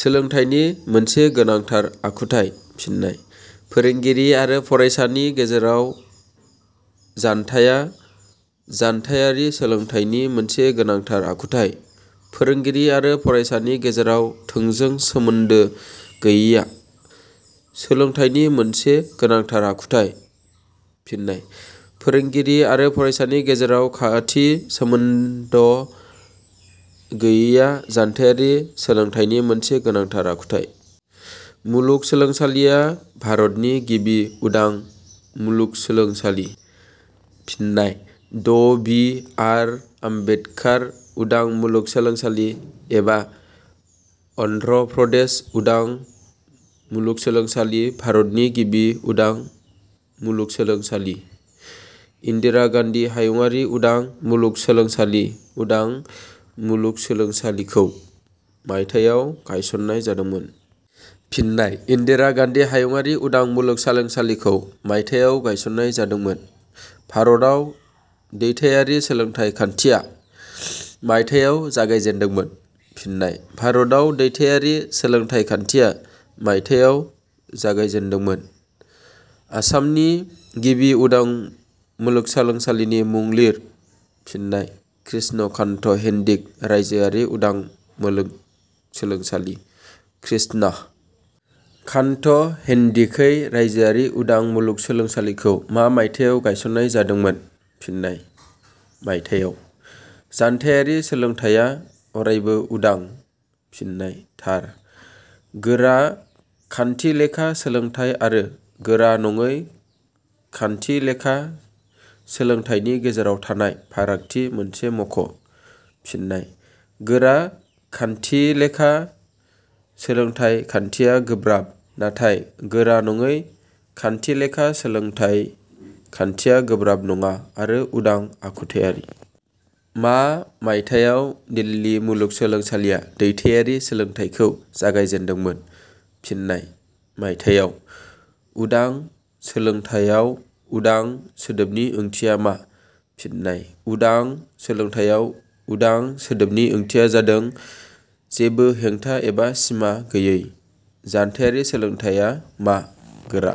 सोलोंथाइनि मोनसे गोनांथार आखुथाइ। फिन्नाय: फोरोंगिरि आरो फरायसानि गेजेराव जानथाइया जानथाइयारि सोलोंथाइनि मोनसे गोनांथार आखुथाइ।. फोरोंगिरि आरो फरायसानि गेजेराव थोंजों सोमोन्दो गोयैया…….. सोलोंथाइनि मोनसे गोनांथार आखुथाइ। फिन्नाय: फोरोंगिरि आरो फरायसानि गेजेराव खाथि सोमोन्द गोयैया जानथाइयारि सोलोंथाइनि मोनसे गोनांथार आखुथाइ।.……. मुलुगसोलोंसालिया भारतनि गिबि उदां मुलुगसोलोंसालि। फिन्नाय: ड बि. आर. आम्बेदकार उदां मुलुगसोलोंसालि एबा अन्ध्र प्रदेश उदां मुलुगसोलोंसालि भारतनि गिबि उदां मुलुगसोलोंसालि।: इन्दिरा गान्धी हायुंङारि उदां मुलुगसोलोंसालि उदां मुलुगसोलोंसालिखौ……. मायथाइयाव गायसननाय जादोंमोन। फिन्नाय: इन्दिरा गान्धी हायुंङारि उदां मुलुगसोलोंसालिखौ मायथाइयाव गायसंनाय जादोंमोन।. भारताव दैथाइयारि सोलोंथाइ खान्थिया……… मायथाइयाव जागायजेदोंमोन। फिन्नाय: भारताव दैथाइयारि सोलोंथाइ खान्थिया मायथाइयाव जागायजेदोंमोन।. आसामनि गिबि उदां मुलुगसोलोंसालिनि मुंखौ लिर। फिन्नाय: कृष्णाकान्त हेनदिक राज्योआरि उदां मुलुगसोलोंसालि।.कृष्णा कान्ट हेनदिकै राज्योआरि उदां मुलुगसोलोंसालिखौ मा मायथाइयाव गायसननाय जादोंमोन? फिन्नाय: मायथाइयाव।. जानथाइयारि सोलोंथाइया अरायबो उदां। फिन्नाय: थार।. गोरा खान्थिलेखा सोलोंथाइ आरो गोरा नङै खान्थिलेखा सोलोंथाइनि गेजेराव थानाय फारागथि मोनसे मख'। फिन्नाय: गोरा खान्थिलेखा सोलोंथाइ खान्थिया गोब्राब, नाथाय गोरा नङै खान्थिलेखा सोलोंथाइ खान्थिया गोब्राब नङा आरो उदां आखुथाइयारि।. मा मायथाइयाव दिल्ली मुलुगसोलोंसालिया दैथाइयारि सोलोंथाइखौ जागायजेनदोंमोन? फिन्नाय: मायथाइयाव।. उदां सोलोंथाइयाव 'उदां '' सोदोबनि ओंथिया मा? फिन्नाय: उदां सोलोंथाइयाव ' उदां ' सोदोबनि ओंथिया जादों जेबो हेंथा एबा सिमा गोयै।. जानथाइयारि सोलोंथाइया मा?.गोरा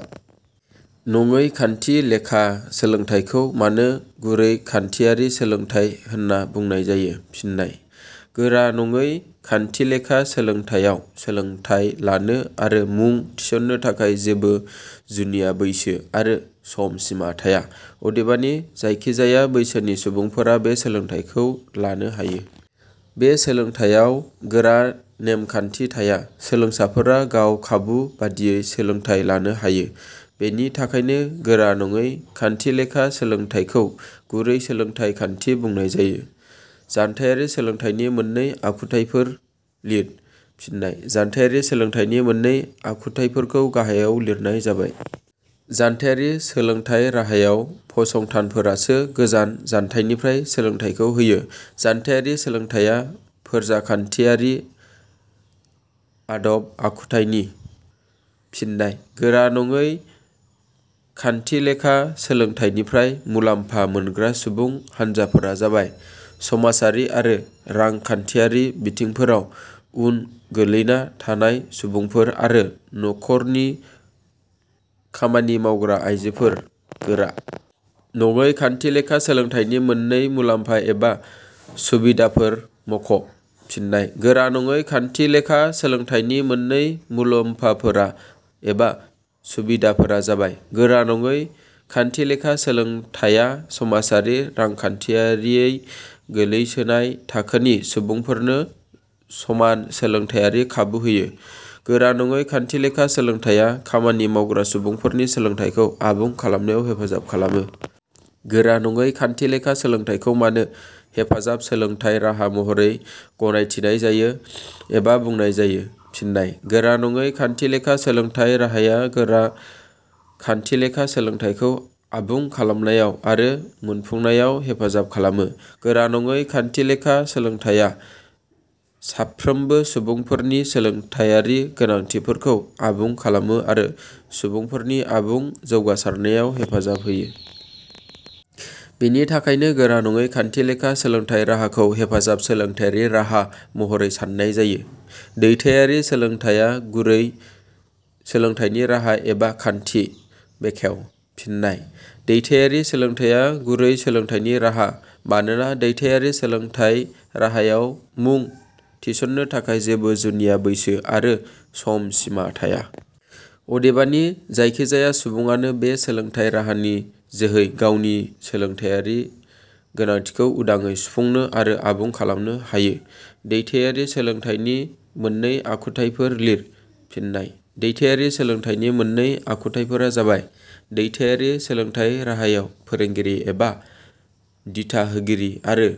नङै खान्थि लेखा सोलोंथाइखौ मानो गुरै खान्थिआरि सोलोंथाइ होनना बुंनाय जायो? फिन्नाय: गोरा नङै खान्थिलेखा सोलोंथाइयाव सोलोंथाइ लानो आरो मुं थिसननो थाखाय जेबो जुनिया बैसो आरो सम सिमा थाया। अदेबानि जायखिजाया बैसोनि सुबुंफोरानो बे सोलोंथाइखौ लानो हायो। बे सोलोंथाइयाव गोरा नेमखान्थि थाया, सोलोंसाफोरा गाव खाबु बादियै सोलोंथाइ लानो हायो। बेनि थाखायनो गोरा नङै खान्थिलेखा सोलोंथाइखौ गुरै सोलोंथाइ खान्थि बुंनाय जायो।. जानथाइयारि सोलोंथाइनि मोननै आखुथाइफोर लिर। फिन्नाय: जानथाइयारि सोलोंथाइनि मोननै आखुथाइफोरखौ गाहायाव लिरनाय जाबाय:. जानथायारि सोलोंथाइ राहायाव फसंथानफोरासो गोजान जानथाइनिफ्राय सोलोंथाइखौ होयो।. जानथाइयारि सोलोंथाइया फोरजाखान्थियारि आदब आखुथाइनि। फिन्नाय:गोरा नङै खान्थिलेखा सोलोंथाइनिफ्राय मुलाम्फा मोनग्रा सुबुं हानजाफोरा जाबाय: समाजारि आरो रांखान्थियारि बिथिंफोराव उन गोलैना थालांनाय सुबुंफोर आरो. नखर 'रनि खामानि मावग्रा आइजोफोर।.गोरा नङै खान्थिलेखा सोलोंथाइनि मोननै मुलाम्फा एबा सुबिधाफोर मख'-। फिन्नाय: गोरा नङै खान्थिलेखा सोलोंथाइनि मोननै मुलाम्फाफोरा एबा सुबिधाफोरा जाबाय: गोरा नङै खान्थिलेखा सोलोंथाइया समाजारि रांखान्थियारियै गोग्लैसोनाय थाखोनि सुबुंफोरनो समान सोलोंथाइयारि खाबु होयो। गोरा नङै खान्थिलेखा सोलोंथाइया खामानि मावग्रा सुबुंफोरनि सोलोंथाइखौ आबुं खालामनायाव हेफाजाब खालामो।. गोरा नङै खान्थिलेखा सोलोंथाइखौ मानो हेफाजाब सोलोंथाइ राहा महरै गनायथिनाय जायो एबा बुंनाय जायो? फिन्नाय: गोरा नङै खान्थिलेखा सोलोंथाइ राहाया गोरा खान्थिलेखा सोलोंथाइखौ आबुं खालामनायाव आरो मोनफुंनायाव हेफाजाब खालामो। गोरा नङै खान्थिलेखा सोलोंथाइया साफ्रोमबो सुबुंफोरनि सोलोंथाइयारि गोनांथिफोरखौ आबुं खालामो आरो सुबुंफोरनि आबुं जौगासारनायाव हेफाजाब होयो। बेनि थाखायनो गोरा नङै खान्थिलेखा सोलोंथाइ राहाखौ हेफाजाब सोलोंथाइ राहा महरै साननाय जायो।. ' दैथाइयारि सोलोंथाइया गुरै सोलोंथाइनि राहा एबा खान्थि 'बेखेव –। फिन्नाय: दैथाइयारि सोलोंथाइया गुरै सोलोंथाइनि राहा, मानोना, दैथाइयारि सोलोंथाइ राहायाव मुं थिस 'ननो थाखाय जेबो जुनिया बैसो आरो सम सिमा थाया। अदेबानि जायखिजाया सुबुङानो बे सोलोंथाइ राहानि जोहै गावनि सोलोंथाइयारि गोनांथिखौ उदाङै सुफुंनो आरो आबुं खालामनो हायो।. दैथाइयारि सोलोंथाइनि मोननै आखुथाइफोर लिर। फिन्नाय: दैथाइयारि सोलोंथाइनि मोननै आखुथाइफोरा जाबाय:. दैथाइयारि सोलोंथाइ राहायाव फोरोंगिरि एबा दिथाहोगिरि आरो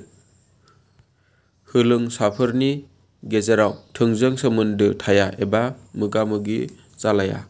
होलोंसाफोरनि गेजेराव थोंजों सोमोन्दो थाया एबा मोगा मोगि जालाया।